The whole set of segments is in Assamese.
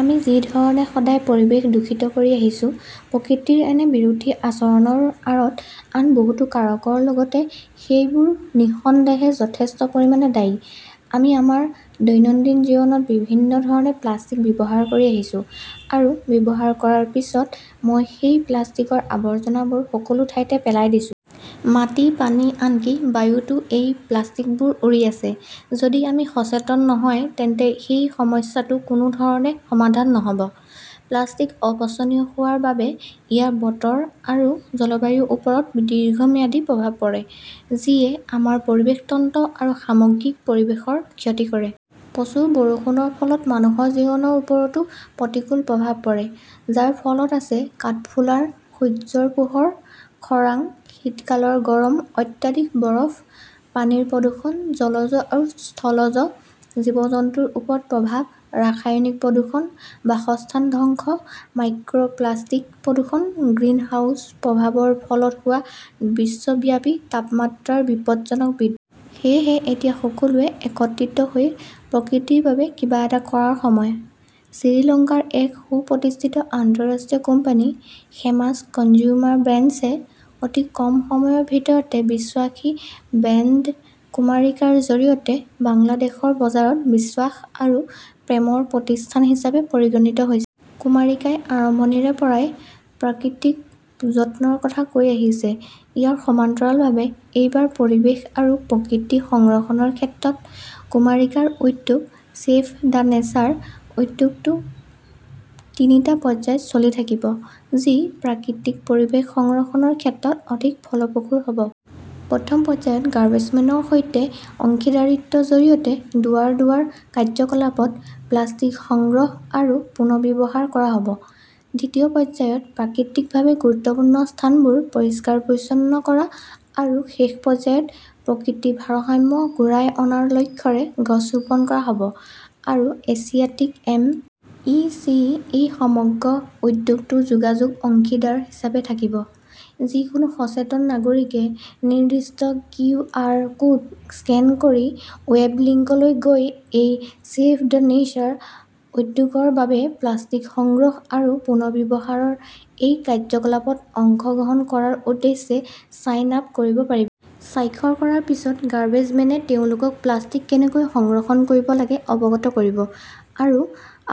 আমি যি ধৰণে সদায় পৰিৱেশ দূষিত কৰি আহিছো, প্ৰকৃতিৰ এনে বিৰোধী আচৰণৰ আঁৰত আন বহুতো কাৰকৰ লগতে সেইবোৰো নিঃসন্দেহে যথেষ্ট পৰিমাণে দায়ী। আমি আমাৰ দৈনন্দিন জীৱনত বিভিন্ন ধৰণে প্লাষ্টিক ব্যৱহাৰ কৰি আহিছো আৰু ব্যৱহাৰ কৰাৰ পিছত, মই সেই প্লাষ্টিকৰ আৱৰ্জনাবোৰ সকলো ঠাইতে পেলাই দিছোঁ । মাটি, পানী, আনকি বতাহতও এই প্লাষ্টিকবোৰ উৰি আছে। যদি আমি সচেতন নহয় তেন্তে এই সমস্যাটো কোনো ধৰণে সমাধান নহব। প্লাষ্টিক অপচনীয় হোৱাৰ বাবে ইয়াৰ বতৰ আৰু জলবায়ুৰ ওপৰত দীৰ্ঘম্যাদী প্ৰভাৱ পৰে ,যিয়ে আমাৰ পৰিৱেশ তন্ত্ৰ আৰু সামগ্ৰিক পৰিৱেশৰ ক্ষতি কৰে। প্ৰচুৰ বৰষুণৰ ফলত মানুহৰ জীৱনৰ ওপৰতো প্ৰতিকূল প্ৰভাৱ পৰে, যাৰ ভিতৰত আছে কাঠফুলাৰ সূৰ্যৰ পোহৰ, খৰাং, শীতকালৰ গৰম, অত্যাধিক বৰফ, পানীৰ প্ৰদূষণ, জলজ আৰু স্থলজ জীৱ-জন্তুৰ ওপৰত প্ৰভাৱ, ৰাসায়নিক প্ৰদূষণ, বাসস্থান ধ্বংস, মাইক্ৰ প্লাষ্টিক প্ৰদূষণ, গ্ৰিনহাউজ প্ৰভাৱৰ ফলত হোৱা বিশ্বব্যাপী তাপমাত্ৰাৰ বিপদজনক বৃ সেয়েহে, এতিয়া সকলোৱে একত্ৰিত হৈ প্ৰকৃতিৰ বাবে কিবা এটা কৰাৰ সময়। শ্ৰীলংকাৰ এক সুপ্ৰতিষ্ঠিত আন্তঃৰাষ্ট্ৰীয় কোম্পানী হেমাছ কনজুমাৰ ব্ৰেণ্ডছে অতি কম সময়ৰ ভিতৰতে বিশ্বাসী ব্ৰেণ্ড কুমাৰিকাৰ জৰিয়তে বাংলাদেশৰ বজাৰত বিশ্বাস আৰু প্ৰেমৰ প্ৰতিষ্ঠান হিচাপে পৰিগণিত হৈছে। কুমাৰিকাই আৰম্ভণিৰে পৰাই প্ৰাকৃতিক যত্নৰ কথা কৈ আহিছে। ইয়াৰ সমান্তৰালভাৱে, এইবাৰ পৰিৱেশ আৰু প্ৰকৃতি সংৰক্ষণৰ ক্ষেত্ৰত কুমাৰিকাৰ উদ্যোগ "চেভ দ্য নেচাৰ", উদ্যোগটো তিনিটা পৰ্যায়ত চলি থাকিব। যি প্ৰাকৃতিক পৰিৱেশ সংৰক্ষণৰ ক্ষেত্ৰত অধিক ফলপ্ৰসূ হ'ব। প্ৰথম পৰ্যায়ত গাৰ্বেজমেনৰ সৈতে অংশীদাৰিত্বৰ জৰিয়তে দুৱাৰ-দুৱাৰ কাৰ্যকলাপত প্লাষ্টিক সংগ্ৰহ আৰু পুনৰ্ব্যৱহাৰ কৰা হ'ব। দ্বিতীয় পৰ্যায়ত প্ৰাকৃতিকভাৱে গুৰুত্বপূৰ্ণ স্থানবোৰ পৰিষ্কাৰ-পৰিচ্ছন্ন কৰা আৰু শেষ পৰ্যায়ত প্ৰকৃতিৰ ভাৰসাম্য ঘূৰাই অনাৰ লক্ষ্যৰে গছ ৰোপণ কৰা হ'ব আৰু এছিয়াটিক এম. ই. চি. এই সমগ্ৰ উদ্যোগটোৰ যোগাযোগ অংশীদাৰ হিচাপে থাকিব। যিকোনো সচেতন নাগৰিকে নিৰ্দিষ্ট কিউ. আৰ. কোড স্কেন কৰি ৱেব লিংকলৈ গৈ এই "চেভ দ্য নেচাৰ "উদ্যোগৰ বাবে প্লাষ্টিক সংগ্ৰহ আৰু পুনৰ্ব্যৱহাৰৰ এই কাৰ্যকলাপত অংশগ্ৰহণ কৰাৰ উদ্দেশ্যে ছাইন আপ কৰিব পাৰিব। স্বাক্ষৰ কৰাৰ পিছত গাৰ্বেজমেনে তেওঁলোকক প্লাষ্টিক কেনেকৈ সংৰক্ষণ কৰিব লাগে অৱগত কৰিব আৰু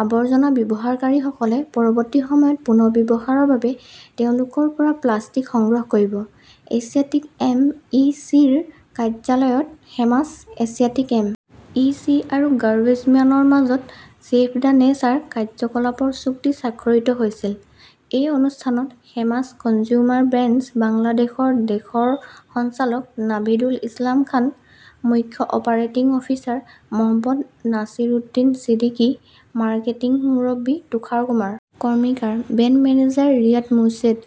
আৱৰ্জনা ব্যৱহাৰকাৰীসকলে পৰৱৰ্তী সময়ত পুনৰ্ব্যৱহাৰৰ বাবে তেওঁলোকৰ পৰা প্লাষ্টিক সংগ্ৰহ কৰিব। Asiatic M. ই. চি. -ৰ কাৰ্যালয়ত হেমাছ, এছিয়াটিক এম. ই. চি. আৰু গাৰ্বেজম্যানৰ মাজত "চেভ দ্য নেচাৰ" কাৰ্যকলাপৰ চুক্তি স্বাক্ষৰিত হৈছিল। এই অনুষ্ঠানত হেমাছ কনজুমাৰ ব্ৰেণ্ডছ বাংলাদেশৰ দেশৰ সঞ্চালক নাভিদুল ইছলাম খান, মুখ্য অপাৰেটিং অফিচাৰ মহম্মদ নাছিৰউদ্দিন ছিদ্দিকী, মাৰ্কেটিংৰ মুৰব্বী Tushar Kumar Karmakar, brand manager Riyad Morshed,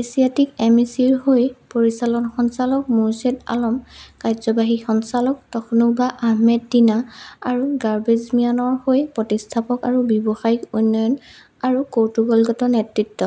Asiatic এমইচিৰ হৈ পৰিচালন সঞ্চালক মোৰশ্বেদ আলম, কাৰ্যবাহী সঞ্চালক তাসনুভা আহমেদ টিনা আৰু গাৰ্বেজম্যানৰ হৈ প্ৰতিষ্ঠাপক আৰু ব্যৱসায়িক উন্নয়ন আৰু কৌশলগত নেতৃত্ব